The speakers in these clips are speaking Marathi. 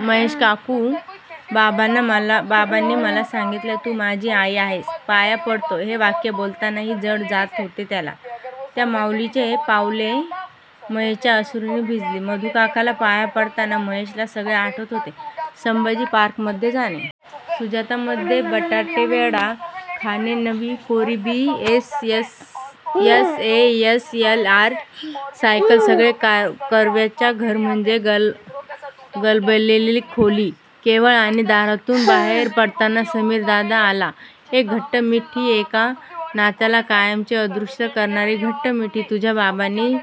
महेश काकू बाबांनी मला सांगीतले. तू माझी आई आहेस. पाया पडतो. हे वाक्य बोलतानाही जड जात होते त्याला! त्या माउलीची पावले महेशच्या अश्रुंनी भिजली. मधूकाकाला पाया पडताना महेशला सगळे आठवत होते. संभाजी पार्कमधे जाणे! सुजातामधे बटाटेवडा खाणे, नवी कोरी B. S. A. S. L. R. Cycle सगळे कर्व्यांचे घर म्हणजे गलबललेली खोली होती केवळ आणि दारातून बाहेर पडताना समीरदादा आला. एक घट्ट मिठी एका नात्याला कायमचे अदृष्य करणारी घट्ट मिठी तुझ्या बाबांनी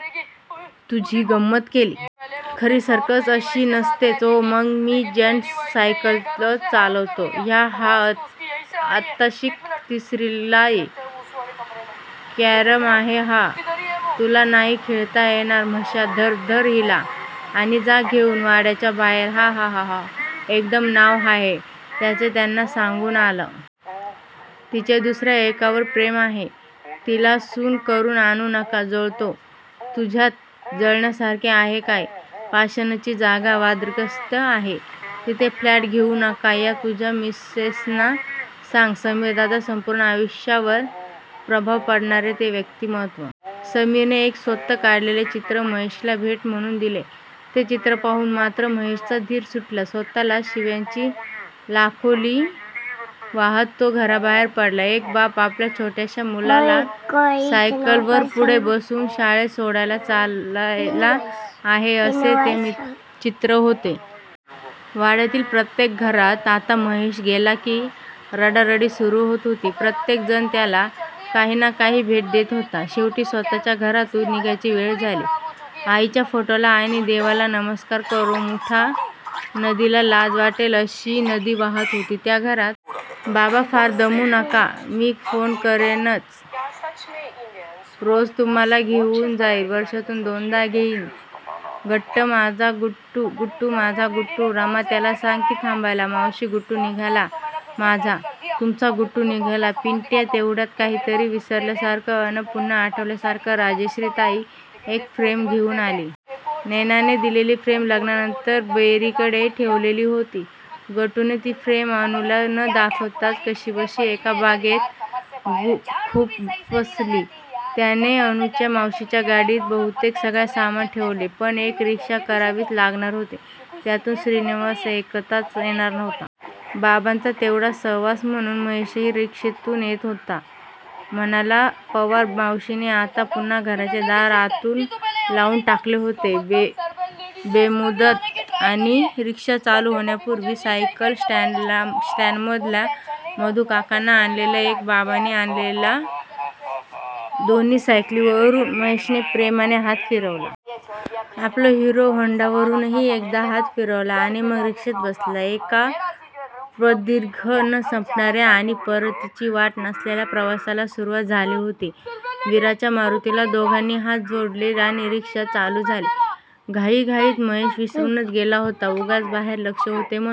तुझी गंमत केली. खरी सर्कस अशी नसतेच. हो मग? मी जेन्ट्स सायकलच चालवतो. ह्या हा आत्ताशिक तिसरीलाय. कॅरम आहे हा. तुला नाही खेळता येणार. म्हशा धर. धर हिला आणि जा घेऊन वाड्याच्या बाहेर हा हा हा हा, कदम नाव आहे त्यांचे त्यांना सांगून आलो. तिचे दुसर्या एकावर प्रेम आहे. तिला सून करून आणू नका. जळतो? तुझ्यात जळण्यासारखे आहे काय? पाषाणची जागा वादग्रस्त आहे. तिथे फ्लॅट घेऊ नका. या तुझ्या मिसेसना सांग. समीरदादा! संपूर्ण आयुष्यावर प्रभाव पाडणारे ते व्यक्तीमत्व! समीरने एक स्वतः काढलेले चित्र महेशला भेट म्हणून दिले. ते चित्र पाहून मात्र महेशचा धीर सुटला. स्वतःलाच शिव्यांची लाखोली वाहात तो घराबाहेर पडला. एक बाप आपल्या छोट्याश्या मुलाला सायकलवर पुढे बसवून शाळेत सोडायला चालला आहे असे ते चित्र होते! वाड्यातील प्रत्येक घरात आता महेश गेला की रडारडी सुरू होत होती. प्रत्येक जण त्याला काही ना काही भेट देत होता. शेवटी स्वत:च्या घरातून निघायची वेळ झाली. आईच्या फोटोला आणि देवाला नमस्कार करून मुठा नदीला लाज वाटेल अशी नदी वाहात होती त्या घरात. बाबा फार दमू नका. मी फोन करेनच रोज तुम्हाला घेऊन जाईन. वर्षातून दोनदा येईन. गट्टू माझा गट्टू रमा त्याला सांग की. थांबायला मावशी गट्टू निघाला माझा तुमचा गट्टू निघाला. पिट्या तेवढ्यात काहीतरी विसरल्यासारखे अन पुन्हा आठवल्यासारखे राजश्रीताई एक फ्रेम घेऊन आली. नैनाने दिलेली फ्रेम लग्नानंतर बेरींकडे ठेवलेली होती गट्टूने! ती फ्रेम अनुला न दाखवताच कशीबशी एका बॅगेत खुपसली त्याने! अनुच्या मावशीच्या गाडीत बहुतेक सगळे सामान ठेवले. पण एक रिक्षा करावीच लागणार होती. त्यातून श्रीनिवास एकताच येणार होता. बाबांचा तेवढास सहवास म्हणून महेशही रिक्षेतूनच येतो म्हणाला. पवार मावशींनी आता पुन्हा घराचे दार आतून लावून टाकले होते. बेमुदत! आणि रिक्षा चालू होण्यापुर्वी सायकल स्टॅन्डमधल्या मधूकाकाने आणलेल्या आणि बाबांनी आणलेल्या दोन्ही सायकलींवरून महेशने प्रेमाने हात फिरवला. आपल्या हिरो होंडावरूनही एकदा हात फिरवला आणि मग रिक्षेत बसला. एका प्रदीर्घ, न संपणार्या आणि परतीची वाट नसलेल्या प्रवासाला सुरुवात झाली होती. वीराच्या मारुतीला दोघांनी हात जोडले आणि रिक्षा चालू झाली. घाईघाईत महेश विसरूनच गेला होता. उगाचच बाहेर लक्ष होते म्हणून!